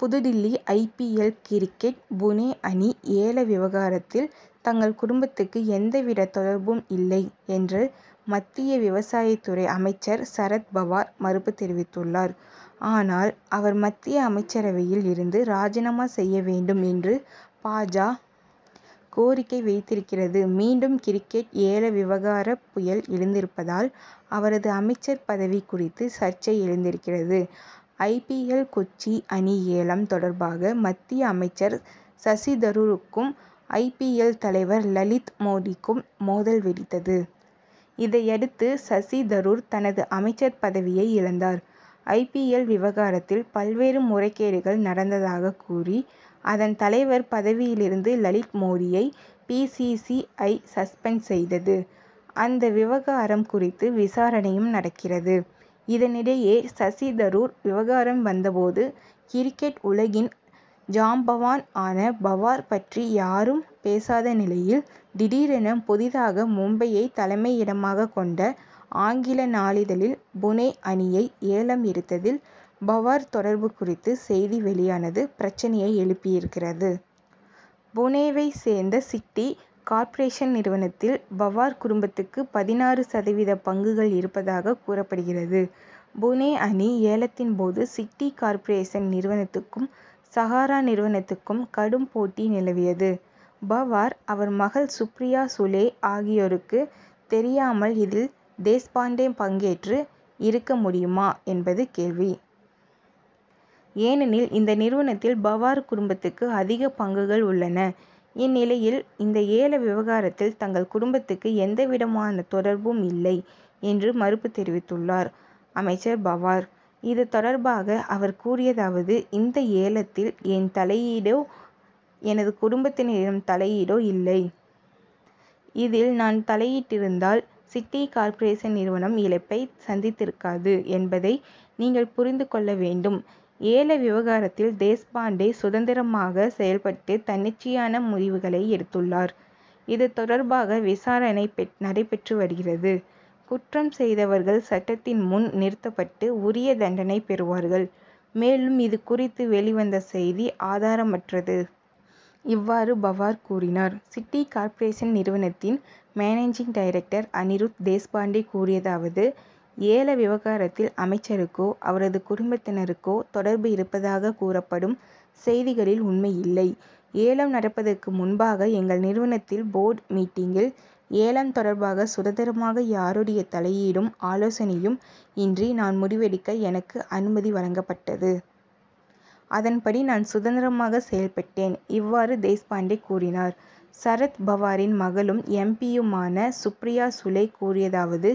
New Delhi I. P. L. Cricket Pune அணி ஏல விவகாரத்தில் தங்கள் குடும்பத்திற்கு எந்தவித தொடர்பும் இல்லை என்று மத்திய விவசாயத்துறை அமைச்சர் சரத் பவார் மறுப்பு தெரிவித்துள்ளார். ஆனால் அவர் மத்திய அமைச்சரவையில் இருந்து ராஜினாமா செய்ய வேண்டும் என்று பா. ஜ. கோரிக்கை வைத்திருக்கிறது. மீண்டும் கிரிக் கெட் ஏல விவகாரப் புயல் எழுந்திருப்பதால் அவரது அமைச்சர் பதவி குறித்து சர்ச்சை எழுந்திருக்கிறது. ஐ. பி. எல். கொச்சி அணி ஏலம் தொடர்பாக மத்திய அமைச்சர் சசி தரூருக்கும் ஐ. பி. எல். தலைவர் லலித் மோடிக்கும் மோதல் வெடித்தது. இதையடுத்து சசி தரூர் தனது அமைச்சர் பதவியை இழந்தார். ஐ. பி. எல். விவகாரத்தில் பல்வேறு முறைகேடுகள் நடந்ததாகக் கூறி அதன் தலைவர் பதவியிலிருந்து லலித் மோடியை B. C. C. I. Suspend செய்தது. அந்த விவகாரம் குறித்து விசாரணையும் நடக்கிறது. இதனிடையே சசி தரூர் விவகாரம் வந்த போது கிரிக்கெட் உலகின் ஜாம்பவான் ஆன பவார் பற்றி யாரும் பேசாத நிலையில் திடீரென புதிதாக மும்பையைத் தலைமையிடமாகக் கொண்ட ஆங்கில நாளிதழில் புனே அணியை ஏலம் எடுத்ததில் பவார் தொடர்பு குறித்து செய்தி வெளியானது பிரச்னையை எழுப்பியிருக்கிறது. புனேவை சேர்ந்த சிட்டி கார்ப்பரேஷன் நிறுவனத்தில் பவார் குடும்பத்திற்கு பதினாறு சதவீத பங்குகள் இருப்பதாக கூறப்படுகிறது. புனே அணி ஏலத்தின் போது சிட்டி கார்ப்பரேஷன் நிறுவனத்திற்கும் சகாரா நிறுவனத்திற்கும் கடும் போட்டி நிலவியது. பவார் அவர் மகள் சுப்ரியா சுலே ஆகியோருக்கு தெரியாமல் இதில் தேஷ்பாண்டே பங்கேற்று இருக்க முடியுமா என்பது கேள்வி. ஏனெனில் இந்த நிறுவனத்தில் பவார் குடும்பத்திற்கு அதிக பங்குகள் உள்ளன. இந்நிலையில் இந்த ஏல விவகாரத்தில் தங்கள் குடும்பத்திற்கு எந்தவிதமான தொடர்பும் இல்லை என்று மறுப்பு தெரிவித்துள்ளார் அமைச்சர் பவார். இதுதொடர்பாக அவர் கூறியதாவது இந்த ஏலத்தில் என் தலையீடோ எனது குடும்பத்தினிடம் தலையீடோ இல்லை. இதில் நான் தலையிட்டிருந்தால் சிட்டி கார்ப்பரேஷன் நிறுவனம் இழப்பை சந்தித்திருக்காது என்பதை நீங்கள் புரிந்துகொள்ள வேண்டும். ஏல விவகாரத்தில் தேஷ்பாண்டே சுதந்திரமாக செயல்பட்டு தன்னிச்சையான முடிவுகளையே எடுத்துள்ளார். இதுதொடர்பாக விசாரணை நடைபெற்று வருகிறது. குற்றம் செய்தவர்கள் சட்டத்தின் முன் நிறுத்தப்பட்டு உரிய தண்டனை பெறுவார்கள். மேலும் இது குறித்து வெளிவந்த செய்தி ஆதாரமற்றது. இவ்வாறு பவார் கூறினார். சிட்டி கார்ப்பரேஷன் நிறுவனத்தின் மேனேஜிங் டைரக்டர் அனிருத் தேஷ்பாண்டே கூறியதாவது ஏல விவகாரத்தில் அமைச்சருக்கோ அவரது குடும்பத்தினருக்கோ தொடர்பு இருப்பதாக கூறப்படும் செய்திகளில் உண்மையில்லை. ஏலம் நடப்பதற்கு முன் பாக எங்கள் நிறுவனத்தின் போர்டு மீட்டிங்கில் ஏலம் தொடர்பாக சுதந்திரமாக யாருடைய தலையீடும் ஆலோசனையும் இன்றி நான் முடிவெடுக்க எனக்கு அனுமதி வழங்கப்பட்டது. அதன்படி நான் சுதந்திரமாக செயல்பட்டேன். இவ்வாறு தேஷ்பாண்டே கூறினார். சரத் பவாரின் மகளும் எம். பி. யுமான சுப்ரியா சுலே கூறியதாவது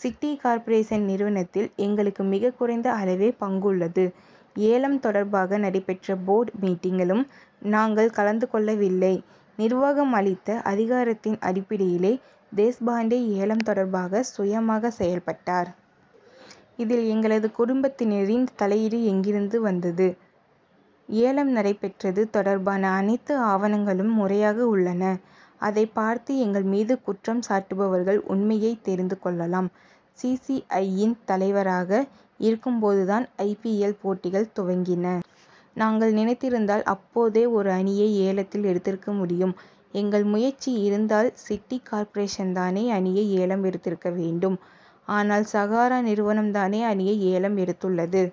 சிட்டி கார்ப்பரேஷன் நிறுவனத்தில் எங்களுக்கு மிகக் குறைந்த அளவே பங்கு உள்ளது. ஏலம் தொடர்பாக நடைபெற்ற போர்டு மீட்டிங்கிலும் நாங்கள் கலந்துகொள்ளவில்லை. நிர்வாகம் அளித்த அதிகாரத்தின் அடிப்படையிலேயே தேஷ்பாண்டே ஏலம் தொடர்பாக சுயமாக செயல்பட்டார். இதில் எங்களது குடும்பத்தினரின் தலையீடு எங்கிருந்து வந்தது? ஏலம் நடைபெற்றது தொடர்பான அனைத்து ஆவணங்களும் முறையாக உள்ளன. அதைப் பார்த்து எங்கள் மீது குற்றம் சாட்டுபவர்கள் உண்மையை தெரிந்து கொள்ளலாம். சி. சி. ஐ. யின் தலைவராக இருக்கும்போதுதான் ஐ. பி. எல். போட்டிகள் துவங்கின. நாங்கள் நினைத்திருந்தால் அப்போதே ஒரு அணியை ஏலத்தில் எடுத்திருக்க முடியும். எங்கள் முயற்சி இருந்தால் சிட்டி கார்ப்பரேஷன்தானே அணியை ஏலம் எடுத்திருக்க வேண்டும். ஆனால் சகாரா நிறுவனம் தானே அணியை ஏலம் எடுத்துள்ளது?